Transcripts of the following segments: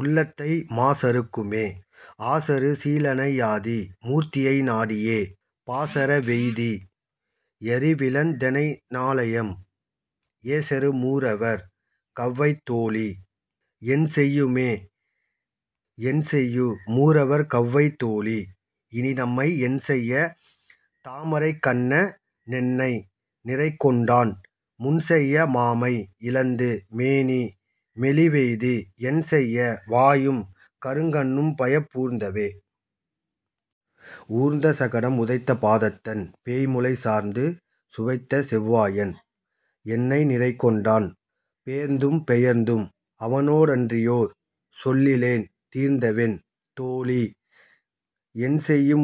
உள்ளத்தை மாசறுக் கும்மே. மாசறு சோதியென் செய்ய வாய்மணிக் குன்றத்தை ஆசறு சீலனை யாதி மூர்த்தியை நாடியே, பாசற வெய்தி யறிவிழந் தெனைநா ளையம்?, ஏசறு மூரவர் கவ்வை தோழீ. என்செய்யுமே?. என்செய்யு மூரவர் கவ்வை தோழீ. இனிநம்மை, என்செய்ய தாமரைக் கண்ண னென்னை நிறைகொண்டான், முன்செய்ய மாமை யிழந்து மேனி மெலிவெய்தி, என்செய்ய வாயும் கருங்கண் ணும்பயப் பூர்ந்தவே.. ஊர்ந்த சகடம் உதைத்தபாதத்தன், பேய்முலை சார்ந்து சுவைத்த செவ்வாயன் என்னை நிறைகொண்டான், பேர்ந்தும் பெயர்ந்தும் அவனோடன்றியோர் சொல்லிலேன், தீர்ந்தவென் தோழீ. என்செய்யு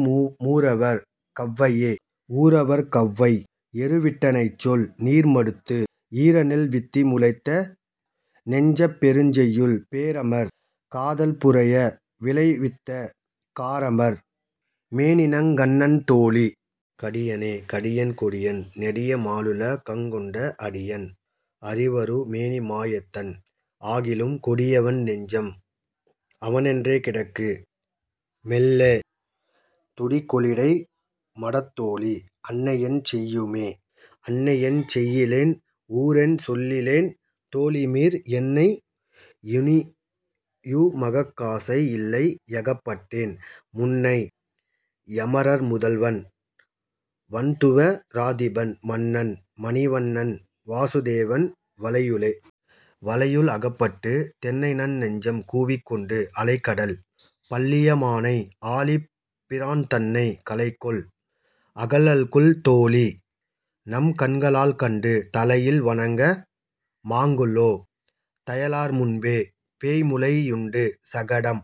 மூரவர் கவ்வையே?. ஊரவர் கவ்வை யெருவிட்டன்னைசொல் நீர்மடுத்து, ஈரநெல் வித்தி முளைத்த நெஞ்சப் பெருஞ்செய்யுள், பேரமர் காதல் கடல்புரைய விளைவித்த, காரமர் மேனிநங் கண்ணன் தோழீ. கடியனே.. கடியன் கொடியன் நெடியமாலுல கங்கொண்ட அடியன், அறிவரு மேனிமாயத்தன், ஆகிலும் கொடியவென் னெஞ்சம் அவனென்றே கிடக்கு மெல்லே, துடிகொ ளிடைமடத் தோழீ. அன்னையென் செய்யுமே?. அன்னையென் செய்யிலென் ஊரென் சொல்லிலென் தோழிமீர், என்னை யினியுமக் காசை யில்லை யகப்பட்டேன், முன்னை யமரர் முதல்வன் வண்துவ ராதிபன்மன்னன், மணிவண் ணன்வாசு தேவன் வலையுளே.. வலையுள் அகப்பட்டுத் தென்னைநன் நெஞ்சம் கூவிக்கொண்டு, அலைகடல் பள்ளி யம்மானை ஆழிப் பிரான்தன்னை கலைகொள் அகலல்குல் தோழீ. நம்கண்க ளால்கண்டு தலையில் வணங்க மாங்கொலோ தையலார் முன்பே?. பேய்முலை யுண்டு சகடம்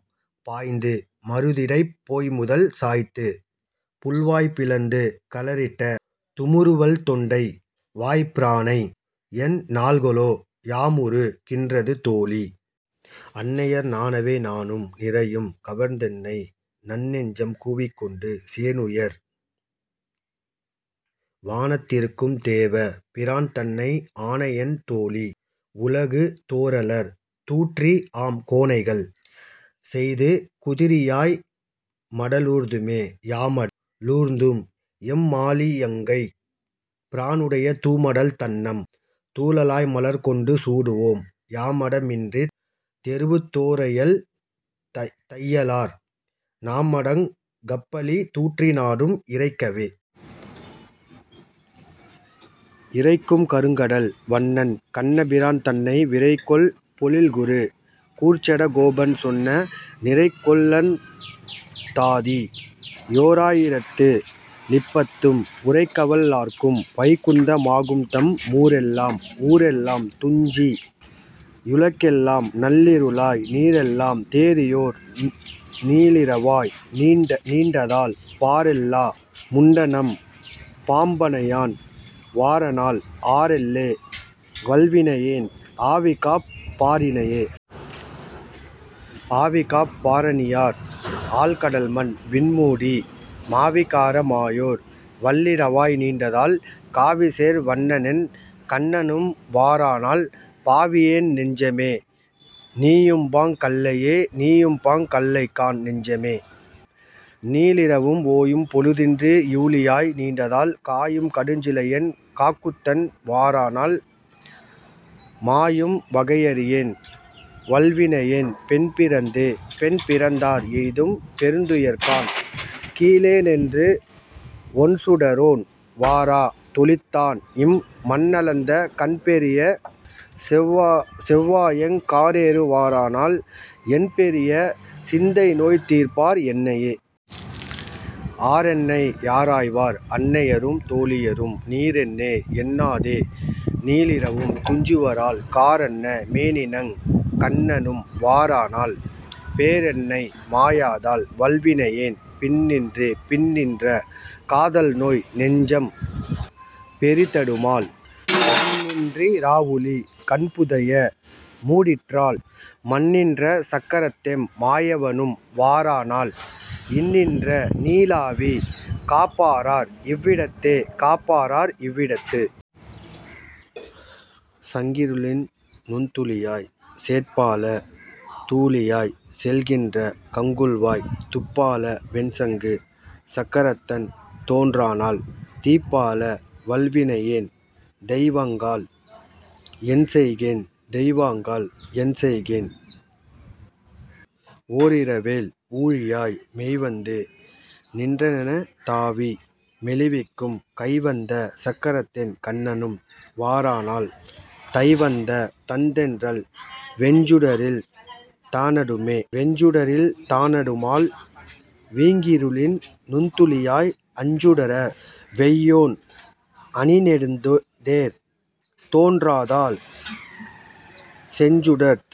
பாய்ந்து மருதிடைப் போய்முதல் சாய்த்து, புள்வாய் பிளந்து களிறட்ட, தூமுறு வல்தொண்டை, வாய்ப்பிரானையெந் நாள்கொலோ, யாமுறு கின்றது தோழீ. அன்னையர் நாணவே?. நாணும் நிறையும் கவர்ந்தென்னை நன்னெஞ்சம் கூவிக்கொண்டு, சேணுயர் வானத் திருக்கும் தேவ பிரான்தன்னை, ஆணையென் தோழீ. உலகு தோறலர் தூற்றி, ஆம் கோணைகள் செய்து குதிரியாய் மடலூர்துமே.. யாமட லூர்ந்தும் எம்மாழியங்கைப் பிரானுடை, தூமடல் தண்ணம் துழாய்மலர் கொண்டு சூடுவோம், யாமட மின்றித் தெருவு தோறயல் தையலார், நாமடங் கப்பழி தூற்றி நாடும் இரைக்கவே. இரைக்கும் கருங்கடல் வண்ணன் கண்ணபிரான்தன்னை, விரைக்கொள் பொழில்குரு கூர்ச்சட கோபன் சொன்ன, நிரைக்கொளந் தாதி யோரா யிரத்து ளிப்பத்தும், உரைக்கவல் லார்க்கு வைகுந்த மாகும்தம் மூரெல்லாம். ஊரெல்லாம் துஞ்சி யுலகெல்லாம் நள்ளிருளாய், நீரெல்லாம் தேறியோர் நீளிரவாய் நீண்டதால், பாரெல்லா முண்டநம் பாம்பணையான் வாரானால், ஆரெல்லே. வல்வினையேன் ஆவிகாப் பாரினையே?. ஆவிகாப் பாரினியார்? ஆழ்கடல்மண் விண்மூடி, மாவிகார மாயோர் வல்லிரவாய் நீண்டதால், காவிசேர் வண்ணனென் கண்ணனும் வாரானால், பாவியேன் நெஞ்சமே. நீயும்பாங் கல்லையே?. நீயும்பாங் கல்லைகாண் நெஞ்சமே. நீளிரவும், ஓயும் பொழுதின்றி யூழியாய் நீண்டதால், காயும் கடுஞ்சிலையென் காகுத்தன் வாரானால், மாயும் வகையறியேன் வல்வினையேன் பெண்பிறந்தே.. பெண்பிறந்தார் எய்தும் பெருந்துயர்காண் கிலேனென்று, ஒண்சுடரோன் வாரா தொளித்தான், இம் மண்ணளந்த கண்பெரிய செவ்வாயெங் காரேறு வாரானால், எண்பெரிய சிந்தைநோய் தீர்ப்பார் என்னையே?. ஆரென்னை யாராய்வார்? அன்னையரும் தோழியரும், நீரென்னே? என்னாதே நீளிரவும் துஞ்சுவரால், காரன்ன மேனிநங் கண்ணனும் வாரானால், பேரென்னை மாயாதால் வல்வினையேன் பின்நின்றே.. பின்நின்ற காதல்நோய் நெஞ்சம் பெரிதடுமால், முன்நின் றிராவூழி கண்புதைய மூடிற்றால், மன்னின்ற சக்கரத்தெம் மாயவனும் வாரானால், இந்நின்ற நீளாவி காப்பாரார் இவ்விடத்தே?. காப்பாரார் இவ்விடத்து? கங்கிருளின் நுண்துளியாய், சேட்பால தூழியாய்ச் செல்கின்ற கங்குல்வாய், துப்பால வெண்சங்கு சக்கரத்தன் தோன்றானால், தீப்பால வல்வினையேன் தெய்வங்காள். என்செய்கேன்?. தெய்வங்காள். என்செய்கேன்? ஓரிரவேழ் ஊழியாய், மெய்வந்து நின்றென தாவி மெலிவிக்கும் கைவந்த சக்கரதென் கண்ணனும் வாரானால், தைவந்த தண்தென்றல் வெஞ்சுடரில் தானடுமே.. வெஞ்சுடரில் தானடுமால் வீங்கிருளின் நுண்துளியாய், அஞ்சுடர வெய்யோன் அணிநெடுந்தேர் தோன்றாதால், செஞ்சுடர்த்